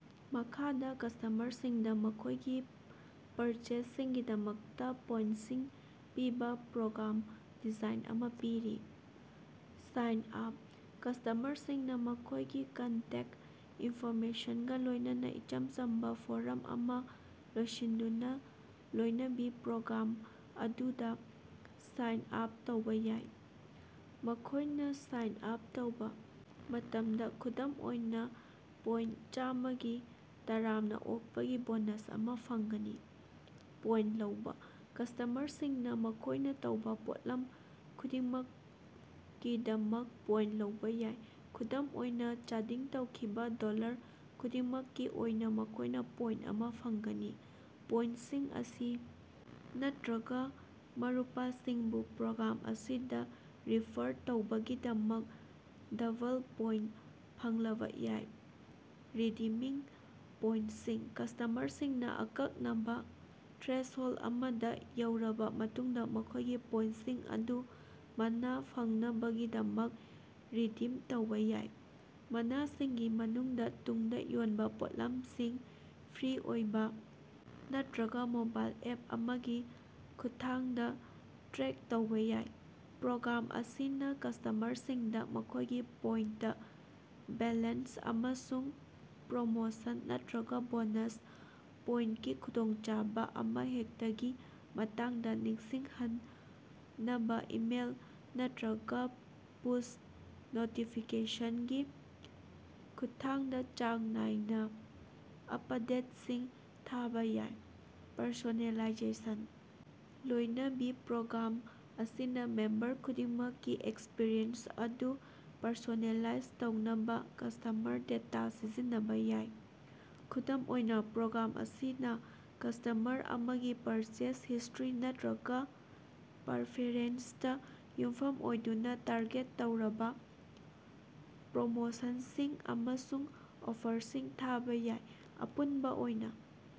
ꯃꯈꯥꯗ ꯀꯁ꯭ꯇꯃꯔꯁꯤꯡꯗ ꯃꯈꯣꯏꯒꯤ ꯄꯔꯆꯦꯖꯁꯤꯡꯒꯤꯗꯃꯛꯇ ꯄꯣꯏꯟꯇꯁꯤꯡ ꯄꯤꯕ ꯄ꯭ꯔꯣꯒ꯭ꯔꯥꯝ ꯗꯤꯖꯥꯏꯟ ꯑꯃ ꯄꯤꯔꯤ: ꯁꯥꯏꯟ ꯑꯥꯞ: ꯀꯁ꯭ꯇꯃꯔꯁꯤꯡꯅ ꯃꯈꯣꯏꯒꯤ ꯀꯟꯇꯦꯛꯇ ꯏꯟꯐꯣꯔꯃꯦꯁꯟꯒ ꯂꯣꯏꯅꯅ ꯏꯆꯝ ꯆꯝꯕ ꯐꯣꯔꯝ ꯑꯃ ꯂꯣꯏꯁꯤꯟꯗꯨꯅ ꯂꯣꯏꯅꯕꯤ ꯄ꯭ꯔꯣꯒ꯭ꯔꯥꯝ ꯑꯗꯨꯗ ꯁꯥꯏꯟ ꯑꯥꯞ ꯇꯧꯕ ꯌꯥꯏ꯫ ꯃꯈꯣꯏꯅꯥ ꯁꯥꯏꯟ ꯑꯥꯞ ꯇꯧꯕ ꯃꯇꯝꯗ ꯈꯨꯗꯝ ꯑꯣꯏꯅꯥ ꯄꯣꯏꯟꯇ ꯆꯥꯝꯃꯒꯤ ꯇꯔꯥꯝꯅ ꯑꯣꯛꯄꯒꯤ ꯕꯣꯅꯁ ꯑꯃ ꯐꯪꯒꯅꯤ꯫ ꯄꯣꯏꯟꯇ ꯂꯧꯕ: ꯀꯁ꯭ꯇꯃꯔꯁꯤꯡꯅ ꯃꯈꯣꯏꯅ ꯇꯧꯕ ꯄꯣꯠꯂꯝ ꯈꯨꯗꯤꯡꯃꯛꯀꯤꯗꯃꯛ ꯄꯣꯏꯟꯇ ꯂꯧꯕ ꯌꯥꯏ꯫ ꯈꯨꯗꯝ ꯑꯣꯏꯅ, ꯆꯥꯗꯤꯡ ꯇꯧꯈꯤꯕ ꯗꯣꯜꯂꯔ ꯈꯨꯗꯤꯡꯃꯛꯀꯤ ꯑꯣꯏꯅ ꯃꯈꯣꯏꯅ ꯄꯣꯏꯟꯇ ꯑꯃ ꯐꯪꯒꯅꯤ꯫ ꯄꯣꯏꯟꯇꯁꯤꯡ ꯑꯁꯤ ꯅꯠꯇ꯭ꯔꯒ ꯃꯔꯨꯄꯁꯤꯡꯕꯨ ꯄ꯭ꯔꯣꯒ꯭ꯔꯥꯝ ꯑꯁꯤꯗ ꯔꯤꯐꯔ ꯇꯧꯕꯒꯤꯗꯃꯛ ꯗꯕꯜ ꯄꯣꯏꯟꯇ ꯐꯪꯂꯕ ꯌꯥꯏ꯫ ꯔꯤꯗꯤꯃꯤꯡ ꯄꯣꯏꯟꯇꯁꯤꯡ: ꯀꯁ꯭ꯇꯃꯔꯁꯤꯡꯅ ꯑꯀꯛꯅꯕ ꯊ꯭ꯔꯦꯁꯍꯣꯜꯗ ꯑꯃꯗ ꯌꯧꯔꯕ ꯃꯇꯨꯡꯗ ꯃꯈꯣꯏꯒꯤ ꯄꯣꯏꯟꯇꯁꯤꯡ ꯑꯗꯨ ꯃꯅ ꯐꯪꯅꯕꯒꯤꯗꯃꯛ ꯔꯤꯗꯤꯝ ꯇꯧꯕ ꯌꯥꯏ꯫ ꯃꯅꯥꯁꯤꯡꯒꯤ ꯃꯅꯨꯡꯗ ꯇꯨꯡꯗ ꯌꯣꯟꯕ ꯄꯣꯠꯂꯝꯁꯤꯡ, ꯐ꯭ꯔꯤ ꯑꯣꯏꯕ ꯅꯠꯇ꯭ꯔꯒ ꯃꯣꯕꯥꯏꯜ ꯑꯦꯞ ꯑꯃꯒꯤ ꯈꯨꯠꯊꯥꯡꯗ ꯇ꯭ꯔꯦꯛ ꯇꯧꯕ ꯌꯥꯏ꯫ ꯄ꯭ꯔꯣꯒ꯭ꯔꯥꯝ ꯑꯁꯤꯅ ꯀꯁ꯭ꯇꯃꯔꯁꯤꯡꯗ ꯃꯈꯣꯏꯒꯤ ꯄꯣꯏꯟꯇ ꯕꯦꯂꯦꯟꯁ ꯑꯃꯁꯨꯡ ꯄ꯭ꯔꯣꯃꯣꯁꯟ ꯅꯠꯇ꯭ꯔꯒ ꯕꯣꯅꯁ ꯄꯣꯏꯟꯇꯀꯤ ꯈꯨꯗꯣꯡꯆꯕꯥ ꯑꯃꯍꯦꯛꯇꯒꯤ ꯃꯇꯥꯡꯗ ꯅꯤꯡꯁꯤꯡꯍꯟꯅꯕ ꯏꯃꯦꯜ ꯅꯠꯇ꯭ꯔꯒ ꯄꯨꯁ ꯅꯣꯇꯤꯐꯤꯀꯦꯁꯟꯒꯤ ꯈꯨꯠꯊꯥꯡꯗꯥꯆꯥꯡ ꯅꯥꯏꯅ ꯑꯄꯗꯦꯠꯁꯤꯡ ꯊꯥꯕ ꯌꯥꯏ꯫ ꯄꯔꯁꯣꯅꯦꯂꯥꯏꯖꯦꯁꯟ: ꯂꯣꯏꯅꯕꯤ ꯄ꯭ꯔꯣꯒ꯭ꯔꯥꯝ ꯑꯁꯤꯅ ꯃꯦꯝꯕꯔ ꯈꯨꯗꯤꯡꯃꯛꯀꯤ ꯑꯦꯛꯁꯄꯔꯤꯌꯦꯟꯁ ꯑꯗꯨ ꯄꯔꯁꯣꯅꯦꯂꯥꯏꯖ ꯇꯧꯅꯕ ꯀꯁ꯭ꯇꯃꯔ ꯗꯦꯇꯥ ꯁꯤꯖꯤꯟꯅꯕ ꯌꯥꯏ꯫ ꯈꯨꯗꯝ ꯑꯣꯏꯅ, ꯄ꯭ꯔꯣꯒ꯭ꯔꯥꯝ ꯑꯁꯤꯅ ꯀꯁ꯭ꯇꯃꯔ ꯑꯃꯒꯤ ꯄꯔꯆꯦꯖ ꯍꯤꯁ꯭ꯇꯔꯤ ꯅꯠꯇ꯭ꯔꯒ ꯄꯔꯐꯦꯔꯦꯟꯁꯇ ꯌꯨꯝꯐꯝ ꯑꯣꯏꯗꯨꯅ ꯇꯥꯔꯒꯦꯠ ꯇꯧꯔꯕ ꯄ꯭ꯔꯣꯃꯣꯁꯟꯁꯤꯡ ꯑꯃꯁꯨꯡ ꯑꯣꯐꯔꯁꯤꯡ ꯊꯥꯕ ꯌꯥꯏ꯫ꯑꯄꯨꯟꯕ ꯑꯣꯏꯅ,